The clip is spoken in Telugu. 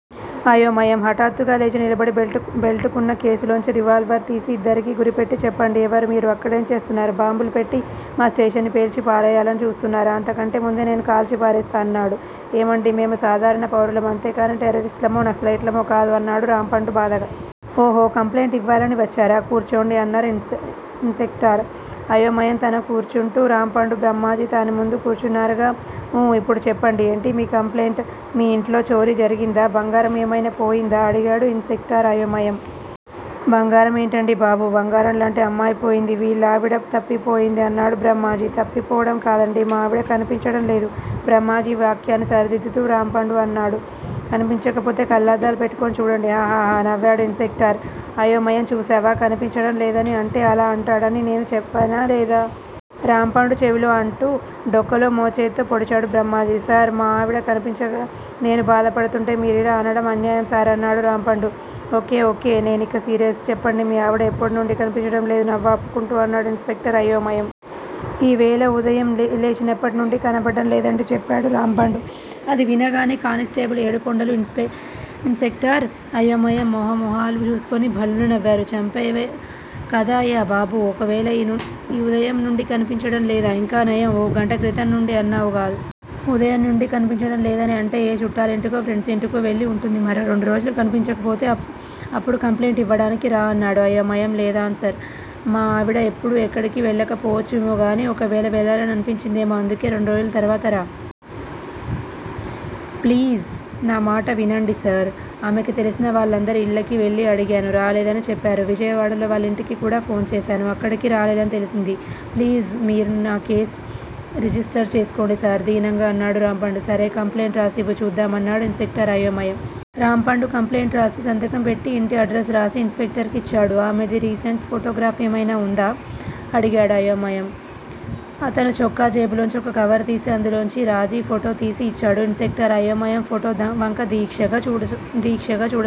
అయోమయం హాఠాత్తుగా లేచి నిలబడి బెల్టుకున్న కేసులోంచి రివాల్వర్ తీసి ఇద్దరకీ గురిపెట్టి చెప్పండి ఎవరు మీరు? అక్కడేం చేస్తున్నారు? బాంబులు పెట్టి మా స్టేషన్ని పేల్చి పారేయ్యాలని చూస్తున్నారా? అంతకంటే ముందే నేను కాల్చి పారేస్తా అన్నాడు. ఏమండీ మేము సాధారణ పౌరులం అంతేకానీ టెర్రరిస్టులమో, నక్సలైట్లమో కాదు అన్నాడు రాంపండు బాధగా. ఓహొ కంప్లైంట్ యివ్వాలని వచ్చారా? కూర్చోండి అన్నాడు ఇన్స్ సెక్టార్ అయోమయం తను కూర్చుంటూ. రాంపండు, బ్రహ్మాజీ తాని ముందు కూర్చ్గున్నారు. ఊ ఇప్పుడు చెప్పండి ఏంటి మీ కంప్లైంట్? మీ ఇంట్లో చోరీ జరిగిందా? బంగారం ఏమైనా పోయిందా? అడిగాడు ఇన్స్ సెక్టార్ అయోమయం. బంగారం ఏంటండీ బాబూ! బంగారంలాంటి అమ్మాయ్ పోయింది. వీళ్ళా విడ తప్పిపోయింది అన్నాడు బ్రహ్మాజీ. తప్పిపోవడం కాదండీ! మా ఆవిడా కనిపించటంలేదు బ్రహ్మాజీ వాక్యాన్ని సరిదిద్దుతూ అన్నాడు రాంపండు. కనిపించకపోతే కళ్ళద్దాలు పెట్టుకుని చూడండి. హహహ నవ్వాడు ఇన్స్ సెక్టార్ అయోమయం చూశావా! కనిపించటం లేదని అంటే అలా అంటాడని నేను చేపానా లేదా? రాంపండు చెవిలో అంటూ డొక్కలో మోచేత్తో పొడిచాడు బ్రహ్మాజీ. సార్! మా ఆవిడ కనిపించక నేను బాధ పడుతుంటే మీరిలా అనడం అన్యాయం సార్ అన్నాడు రాంపండు. ఒక్కే ఒక్కే నేనిక సీరియస్! చెప్పండి మీ ఆవిడా ఎప్పుడు నుండి కనిపించడంలేదు? నవ్వాపుకుంటూ అన్నాడు ఇన్స్ సెక్టార్ అయోమయం. ఈ వేళ ఉదయం లేచినప్పటినుండీ కనపడ్డంలేదండీ చెప్పాడు రాంపండు. అది వినగానే కాని స్టేబుల్ ఏడుకొండలూ, ఇన్స్ సెక్టార్ అయోమయం మోహమోహాలు చూసుకుని భళ్ళున నవ్వారు. చంపేవ్ కదయ్యా బాబూ! ఈ వేళ ఉదయం నుండి కనిపించటంలేదా? ఇంకానయం. ఓ గంట క్రితం నుండి అన్నావ్ కాదు. ఉదయం నుండీ కనిపించడం లేదని అంటే ఏ చూట్టాలింటికో, ప్రెండ్స్ యింటికో వెళ్ళి వుంటుంది. మరో రెండురోజులు కనబడకపోతే అప్పుడు కంప్లైంటు యివ్వడానికి రా అన్నాడు అయోమయం. లేద్సార్! మా ఆవిడ ఎప్పుడు ఎక్కడికీ వెళ్ళకపోవచ్చేమోగానీ ఈ వేళ వెళ్ళాలని అనిపించిందేమో. అందుకే రెండు రోజుల తర్వాత రా. ప్లీజ్! న మాట వినండి సార్! ఆమెకి తెలిసిన వాళ్ళందరి ఇళ్ళకి వెళ్ళి అడిగాను. రాలేదని చెప్పారు. విజయవాడలో వాళ్ళింటికి కూడా ఫోన్ చేశాను. అక్కడకీ రాలేదని తెల్సింది. ప్లీజ్! మీరు కేస్ రిజిస్టర్ చేసుకోండి సార్ దీనంగా అన్నాడు రాంపండు. సరే! కంప్లెయింట్ రాసివ్వు చూద్దాం అన్నాడు ఇన్స్ సెక్టార్ అయోమయం. రాంపండు కంప్లైంట్ రాసి సంతకం పెట్టి ఇంటి ఆడ్రస్ రాసి ఇన్ స్పెక్టర్ కి యిచ్చాడు. ఆమెది రీ సెంట్ ఫోటోగ్రాఫ్ ఏదైనా వుందా? అడిగాడు అయోమయం. అతను చొక్కా జేబులోంచి ఓ కవరు తీసి అందులోంచి రాజీ ఫోటోతీసి యిచ్చాడు. ఇన్స్ సెక్టార్ అయోమయం ఫోటోవంక దీక్షగా చూడసాగాడు.